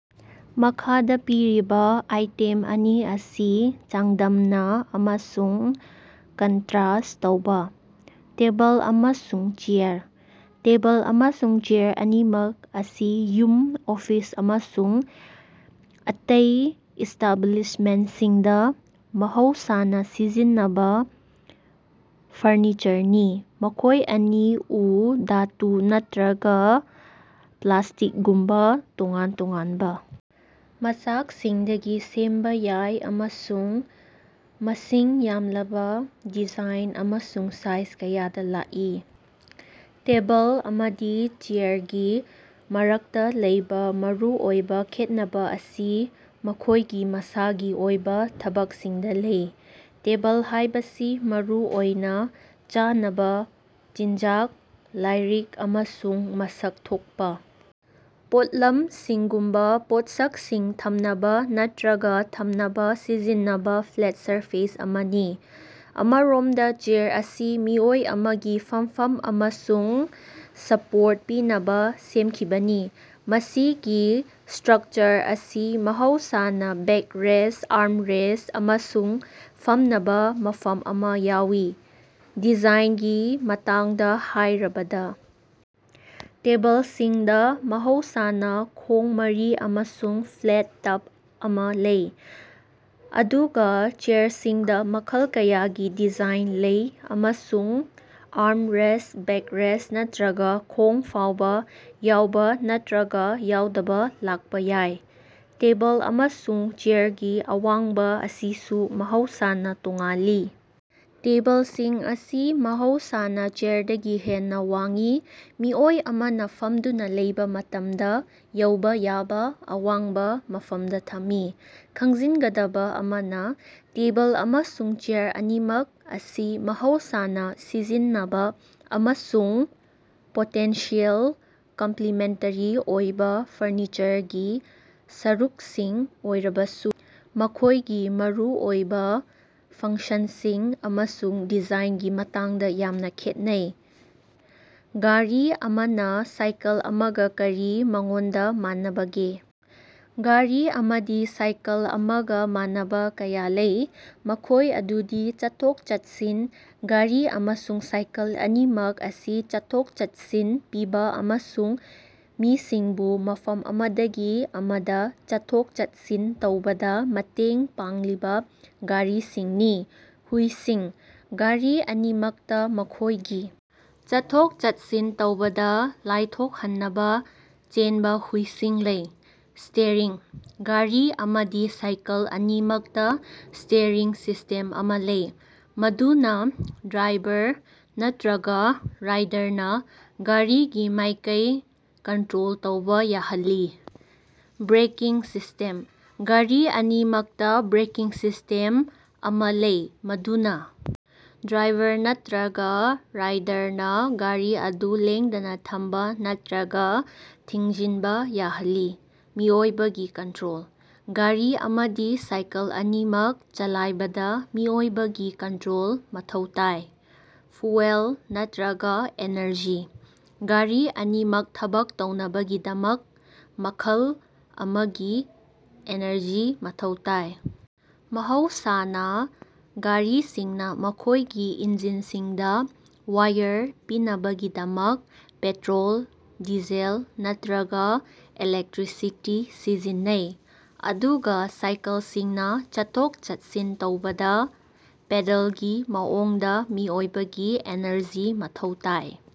ꯃꯈꯥꯗ ꯄꯤꯔꯤꯕ ꯑꯥꯏꯇꯦꯝ ꯑꯅꯤ ꯑꯁꯤ ꯆꯥꯡꯗꯝꯅ ꯑꯃꯁꯨꯡ ꯀꯟꯇꯔꯦꯁ꯭ꯠ ꯇꯧꯕ꯫ ꯇꯦꯕꯜ ꯑꯃꯁꯨꯡ ꯆꯦꯌꯥꯔ꯫ ꯇꯦꯕꯜ ꯑꯃꯁꯨꯡ ꯆꯦꯌꯥꯔ ꯑꯅꯤꯃꯛ ꯑꯁꯤ ꯌꯨꯝ, ꯑꯣꯐꯤꯁ ꯑꯃꯁꯨꯡ ꯑꯇꯩ ꯏꯁ꯭ꯇꯥꯕ꯭ꯂꯤꯁꯃꯦꯟꯁꯤꯡꯗ ꯃꯍꯧꯁꯥꯅ ꯁꯤꯖꯤꯟꯅꯕ ꯐꯔꯅꯤꯆꯔꯅꯤ꯫ ꯃꯈꯣꯏ ꯑꯁꯤ ꯎ, ꯙꯥꯇꯨ, ꯅꯠꯇ꯭ꯔꯒ ꯄ꯭ꯂꯥꯁꯇꯤꯛꯒꯨꯝꯕ ꯇꯣꯉꯥꯟ ꯇꯣꯉꯥꯟꯕ ꯃꯆꯥꯛꯁꯤꯡꯗꯒꯤ ꯁꯦꯝꯕ ꯌꯥꯏ ꯑꯃꯁꯨꯡ ꯃꯁꯤꯡ ꯌꯥꯝꯂꯕ ꯗꯤꯖꯥꯏꯟ ꯑꯃꯁꯨꯡ ꯁꯥꯏꯖ ꯀꯌꯥꯗ ꯂꯥꯛꯏ꯫ ꯇꯦꯕꯜ ꯑꯃꯗꯤ ꯆꯦꯌꯥꯔꯒꯤ ꯃꯔꯛꯇ ꯂꯩꯕ ꯃꯔꯨꯑꯣꯏꯕ ꯈꯦꯠꯅꯕ ꯑꯁꯤ ꯃꯈꯣꯏꯒꯤ ꯃꯁꯥꯒꯤ ꯑꯣꯏꯕ ꯊꯕꯛꯁꯤꯡꯗ ꯂꯩ꯫ ꯇꯦꯕꯜ ꯍꯥꯏꯕꯁꯤ ꯃꯔꯨꯑꯣꯏꯅ ꯆꯥꯅꯕ ꯆꯤꯟꯖꯥꯛ, ꯂꯥꯏꯔꯤꯛ, ꯑꯃꯁꯨꯡ ꯃꯁꯛ ꯊꯣꯛꯄ ꯄꯣꯠꯂꯝꯁꯤꯡꯒꯨꯝꯕ ꯄꯣꯠꯁꯛꯁꯤꯡ ꯊꯝꯅꯕ ꯅꯠꯇꯔꯒ ꯊꯝꯅꯕ ꯁꯤꯖꯤꯟꯅꯕ ꯐ꯭ꯂꯦꯠ ꯁꯔꯐꯦꯁ ꯑꯃꯅꯤ꯫ ꯑꯃꯔꯣꯝꯗ, ꯆꯦꯌꯥꯔ ꯑꯁꯤ ꯃꯤꯑꯣꯏ ꯑꯃꯒꯤ ꯐꯝꯐꯝ ꯑꯃꯁꯨꯡ ꯁꯄꯣꯔꯠ ꯄꯤꯅꯕ ꯁꯦꯝꯈꯤꯕꯅꯤ, ꯃꯁꯤꯒꯤ ꯁ꯭ꯇꯔꯛꯆꯔ ꯑꯁꯤ ꯃꯍꯧꯁꯥꯅ ꯕꯦꯛꯔꯦꯁ꯭ꯠ, ꯑꯥꯔ꯭ꯝꯔꯦꯁ꯭ꯠ ꯑꯃꯁꯨꯡ ꯐꯝꯅꯕ ꯃꯐꯝ ꯑꯃ ꯌꯥꯎꯏ꯫ ꯗꯤꯖꯥꯏꯟꯒꯤ ꯃꯇꯥꯡꯗ ꯍꯥꯏꯔꯕꯗ, ꯇꯦꯕꯜꯁꯤꯡꯗ ꯃꯍꯧꯁꯥꯅ ꯈꯣꯡ ꯃꯔꯤ ꯑꯃꯁꯨꯡ ꯐ꯭ꯂꯦꯠ ꯇꯞ ꯑꯃꯥ ꯂꯩ, ꯑꯗꯨꯒ ꯆꯦꯌꯥꯔꯁꯤꯡꯗ ꯃꯈꯜ ꯀꯌꯥꯒꯤ ꯗꯤꯖꯥꯏꯟ ꯂꯩ ꯑꯃꯁꯨꯡ ꯑꯥꯔ꯭ꯝꯔꯦꯁ꯭ꯠ, ꯕꯦꯛꯔꯦꯁ꯭ꯠ ꯅꯠꯇ꯭ꯔꯒ ꯈꯣꯡ ꯐꯥꯎꯕ ꯌꯥꯎꯕ ꯅꯠꯇ꯭ꯔꯒ ꯌꯥꯎꯗꯕ ꯂꯥꯛꯄ ꯌꯥꯏ꯫ ꯇꯦꯕꯜ ꯑꯃꯁꯨꯡ ꯆꯦꯌꯥꯔꯒꯤ ꯑꯋꯥꯡꯕ ꯑꯁꯤꯁꯨ ꯃꯍꯧꯁꯥꯅ ꯇꯣꯉꯥꯜꯂꯤ; ꯇꯦꯕꯜꯁꯤꯡ ꯑꯁꯤ ꯃꯍꯧꯁꯥꯅ ꯆꯦꯌꯥꯔꯗꯒꯤ ꯍꯦꯟꯅ ꯋꯥꯡꯏ, ꯃꯤꯑꯣꯏ ꯑꯃꯅ ꯐꯝꯗꯨꯅ ꯂꯩꯕꯥ ꯃꯇꯝꯗ ꯌꯧꯕ ꯌꯥꯕ ꯑꯋꯥꯡꯕ ꯃꯐꯝꯗ ꯊꯝꯃꯤ꯫ ꯈꯪꯖꯤꯟꯒꯗꯕ ꯑꯃꯅ, ꯇꯦꯕꯜ ꯑꯃꯁꯨꯡ ꯆꯦꯌꯥꯔ ꯑꯅꯤꯃꯛ ꯑꯁꯤ ꯃꯍꯧꯁꯥꯅ ꯁꯤꯖꯤꯟꯅꯕ ꯑꯃꯁꯨꯡ ꯄꯣꯇꯦꯟꯁꯤꯑꯦꯜ ꯀꯝꯄꯂꯤꯃꯦꯟꯇꯦꯔꯤ ꯑꯣꯏꯕ ꯐꯔꯅꯤꯆꯔꯒꯤ ꯁꯔꯨꯛꯁꯤꯡ ꯑꯣꯏꯔꯕꯁꯨ, ꯃꯈꯣꯏꯒꯤ ꯃꯔꯨꯑꯣꯏꯕ ꯐꯪꯁꯟꯁꯤꯡ ꯑꯃꯁꯨꯡ ꯗꯤꯖꯥꯏꯟꯒꯤ ꯃꯇꯥꯡꯗ ꯌꯥꯝꯅ ꯈꯦꯠꯅꯩ꯫ ꯒꯥꯔꯤ ꯑꯃꯅ ꯁꯥꯏꯀꯜ ꯑꯃꯒ ꯀꯔꯤ ꯃꯉꯣꯟꯗ ꯃꯥꯟꯅꯕꯒꯦ? ꯒꯥꯔꯤ ꯑꯃꯗꯤ ꯁꯥꯏꯀꯜ ꯑꯃꯒ ꯃꯥꯟꯅꯕ ꯀꯌꯥ ꯂꯩ, ꯃꯈꯣꯏ ꯑꯗꯨꯗꯤ: ꯆꯠꯊꯣꯛ-ꯆꯠꯁꯤꯟ: ꯒꯥꯔꯤ ꯑꯃꯁꯨꯡ ꯁꯥꯏꯀꯜ ꯑꯅꯤꯃꯛ ꯑꯁꯤ ꯆꯠꯊꯣꯛ ꯆꯠꯁꯤꯟ ꯄꯤꯕ ꯑꯃꯁꯨꯡ ꯃꯤꯁꯤꯡꯕꯨ ꯃꯐꯝ ꯑꯃꯗꯒꯤ ꯑꯃꯗ ꯆꯠꯊꯣꯛ ꯆꯠꯁꯤꯟ ꯇꯧꯕꯗ ꯃꯇꯦꯡ ꯄꯥꯡꯂꯤꯕ ꯒꯥꯔꯤꯁꯤꯡꯅꯤ꯫ ꯍꯨꯏꯁꯤꯡ: ꯒꯥꯔꯤ ꯑꯅꯤꯃꯛꯇ ꯃꯈꯣꯏꯒꯤ ꯆꯠꯊꯣꯛ-ꯆꯠꯁꯤꯟ ꯇꯧꯕꯗ ꯂꯥꯏꯊꯣꯛꯍꯟꯅꯕ ꯆꯦꯟꯕ ꯍꯨꯏꯁꯤꯡ ꯂꯩ꯫ ꯁ꯭ꯇꯤꯌꯔꯤꯡ: ꯒꯥꯔꯤ ꯑꯃꯗꯤ ꯁꯥꯏꯀꯜ ꯑꯅꯤꯃꯛꯇ ꯁ꯭ꯇꯤꯌꯔꯤꯡ ꯁꯤꯁ꯭ꯇꯦꯝ ꯑꯃꯥ ꯂꯩ, ꯃꯗꯨꯅ ꯗ꯭ꯔꯥꯏꯚꯔ ꯅꯠꯇꯔꯒ ꯔꯥꯏꯗꯔꯅ ꯒꯥꯔꯤꯒꯤ ꯃꯥꯏꯀꯩ ꯀꯟꯇꯔꯣꯜ ꯇꯧꯕ ꯌꯥꯍꯜꯂꯤ꯫ ꯕ꯭ꯔꯦꯀꯤꯡ ꯁꯤꯁ꯭ꯇꯦꯝ: ꯒꯥꯔꯤ ꯑꯅꯤꯃꯛꯇ ꯕ꯭ꯔꯦꯀꯤꯡ ꯁꯤꯁ꯭ꯇꯦꯝ ꯑꯃꯥ ꯂꯩ, ꯃꯗꯨꯅ ꯗ꯭ꯔꯥꯏꯚꯔ ꯅꯠꯇꯔꯒ ꯔꯥꯏꯗꯔꯅ ꯒꯥꯔꯤ ꯑꯗꯨ ꯂꯦꯡꯗꯅ ꯊꯝꯕ ꯅꯠꯇꯔꯒ ꯊꯤꯡꯖꯤꯟꯕ ꯌꯥꯍꯜꯂꯤ꯫ ꯃꯤꯑꯣꯏꯕꯒꯤ ꯀꯟꯇ꯭ꯔꯣꯜ: ꯒꯥꯔꯤ ꯑꯃꯗꯤ ꯁꯥꯏꯀꯜ ꯑꯅꯤꯃꯛ ꯆꯂꯥꯏꯕꯗ ꯃꯤꯑꯣꯏꯕꯒꯤ ꯀꯟꯇꯔꯣꯜ ꯃꯊꯧ ꯇꯥꯏ꯫ ꯐ꯭ꯌꯨꯑꯦꯜ ꯅꯠꯇꯔꯒ ꯑꯦꯅꯔꯖꯤ: ꯒꯥꯔꯤ ꯑꯅꯤꯃꯛ ꯊꯕꯛ ꯇꯧꯅꯕꯒꯤꯗꯃꯛ ꯃꯈꯜ ꯑꯃꯒꯤ ꯏꯅꯔꯖꯤ ꯃꯊꯧ ꯇꯥꯏ꯫ ꯃꯍꯧꯁꯥꯅ ꯒꯥꯔꯤꯁꯤꯡꯅ ꯃꯈꯣꯏꯒꯤ ꯏꯟꯖꯤꯟꯁꯤꯡꯗ ꯋꯥꯋꯔ ꯄꯤꯅꯕꯒꯤꯗꯃꯛ ꯄꯦꯇꯔꯣꯜ, ꯗꯤꯖꯦꯜ ꯅꯠꯇꯔꯒ ꯏꯂꯦꯛꯇ꯭ꯔꯤꯁꯤꯇꯤ ꯁꯤꯖꯤꯟꯅꯩ, ꯑꯗꯨꯒ ꯁꯥꯏꯀꯜꯁꯤꯡꯅ ꯆꯠꯊꯣꯛ-ꯆꯠꯁꯤꯟ ꯇꯧꯕꯗ ꯄꯦꯗꯜꯒꯤ ꯃꯑꯣꯡꯗ ꯃꯤꯑꯣꯏꯕꯒꯤ ꯏꯅꯔꯖꯤ ꯃꯊꯧ ꯇꯥꯏ꯫